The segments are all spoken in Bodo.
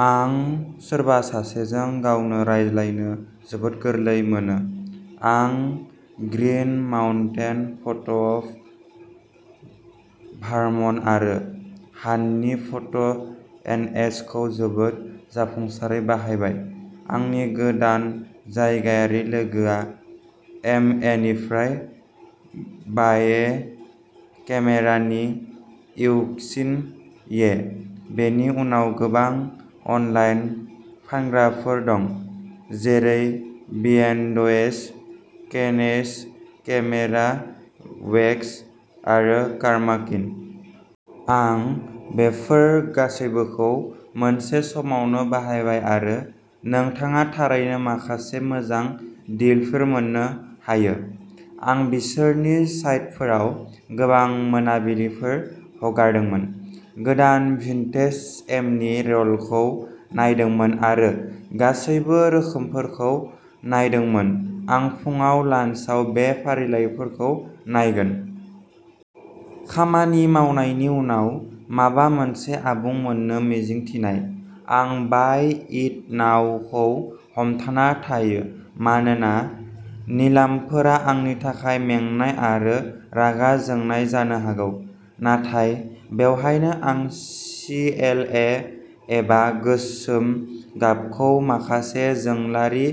आं सोरबा सासेजों गावनो रायज्लायनो जोबोद गोरलै मोनो। आं ग्रीन माउन्टेन फट'अफ भारमन्ट आरो हान्टनि फट' एनएच खौ जोबोद जाफुंसारै बाहायबाय। आंनि गोदान जायगायारि लोगोआ एमएनिफ्राय वाईये केमेरा नि इउक्सिन ये। बेनि उनाव गोबां अनलाइन फानग्राफोर दं, जेरै बीएन्डएच, केईनएच, केमेरा वेस्ट आरो कामार्किन। आं बेफोर गासैबोखौ मोनसे समावनो बाहायबाय आरो नोंथाङा थारैनो माखासे मोजां डिलफोर मोन्नो हायो। आं बिसोरनि साइटफोराव गोबां मोनाबिलिफोर हगारदोंमोन, गोदान भिन्टेज एमनि रलखौ नायदोंमोन आरो गासैबो रोखोमफोरखौ नायदोंमोन। आं फुंआव, लान्सआव बे फारिलाइफोरखौ नायगोन। खामानि मावनायनि उनाव, माबा मोनसे आबुं मोन्नो मिजिं थिनाय। आं बाय इट नाउ खौ हमथाना थायो मानोना निलामफोरा आंनि थाखाय मेंनाय आरो रागा जोंनाय जानो हागौ। नाथाय बेवहायनो आं सि एल ए एबा गोसोम गाबखौ माखासे जोंलारि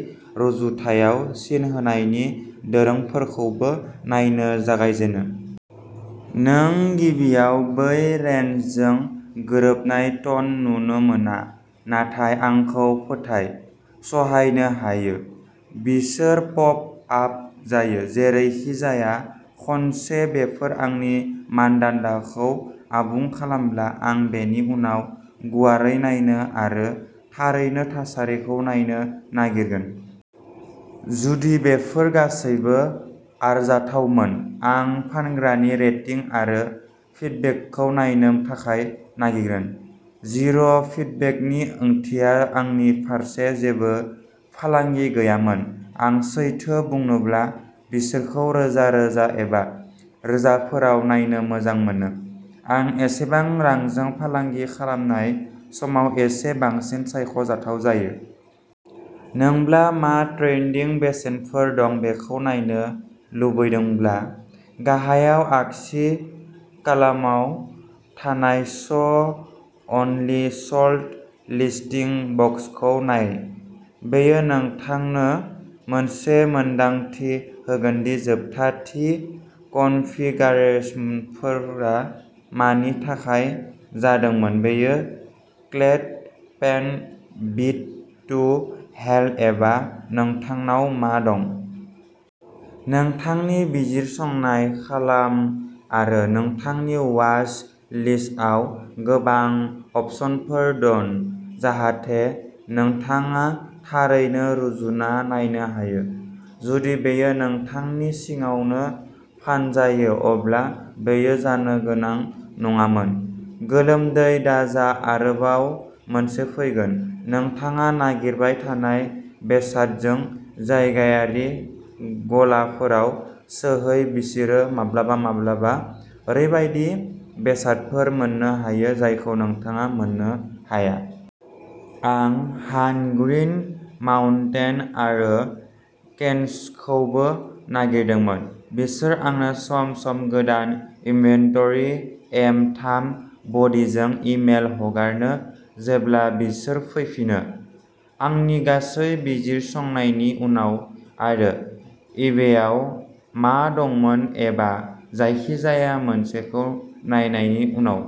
रुजुथायाव सिन होनायनि दोरोंफोरखौबो नायनो जागायजेनो। नों गिबियाव बै रेन्जजों गोरोबनाय टन नुनो मोना, नाथाय आंखौ फोथाय, सहायनो हायो। बिसोर पप आप जायो। जेरैखिजाया, खनसे बेफोर आंनि मानदान्दाखौ आबुं खालामब्ला, आं बेनि उनाव गुवारै नायनो आरो थारैनो थासारिखौ नायनो नागिरगोन। जुदि बेफोर गासैबो आरजाथावमोन, आं फानग्रानि रेटिं आरो फिडबेकखौ नायनो थाखाय नागिरगोन। जिर' फिडबेकनि ओंथिया आंनि फारसे जेबो फालांगि गैयामोन। आं सैथो बुंनोब्ला बिसोरखौ रोजा रोजा एबा रोजाफोराव नायनो मोजां मोनो। आं एसेबां रांजों फालांगि खालामनाय समाव एसे बांसिन सायख' जाथाव जायो। नोंब्ला मा ट्रेन्डिं बेसेनफोर दं बेखौ नायनो लुबैदोंब्ला, गाहायाव आगसि कालामाव थानाय श अनलि स'ल्ड लिस्टिंस बक्सखौ नाय। बेयो नोंथांनो मोनसे मोनदांथि होगोन दि जोबथा थि कनफिगारेशनफोरा मानि थाखाय जादोंमोन बेयो clad, paint, beat to hell एबा नोंथांनाव मा दं। नोंथांनि बिजिरसंनाय खालाम आरो नोंथांनि वाच लिस्टआव गोबां अपसनफोर दोन जाहाथे नोंथाङा थारैनो रुजुना नायनो हायो। जुदि बेयो नोंथांनि सिङावनो फानजायो, अब्ला बेयो जानो गोनां नङामोन। गोलोमदै दाजा आरोबाव मोनसे फैगोन। नोंथाङा नागिरबाय थानाय बेसादजों जायगायारि गलाफोराव सौहै बिसोरो माब्लाबा-माब्लाबा ओरैबायदि बेसादफोर मोननो हायो जायखौ नोंथाङा मोननो हाया। आं हान्ट, ग्रीन माउन्टेन आरो केनचखौबो नागिरदोंमोन। बिसोर आंनो सम-सम गोदान इनभेन्टरि एम थाम बडीजों इमेल हरगोन जेब्ला बिसोर फैफिनो। आंनि गासै बिजिरसंनायनि उनाव आरो इबेआव मा दंमोन एबा जायखिजाया मोनसेखौ नायनायनि उनाव।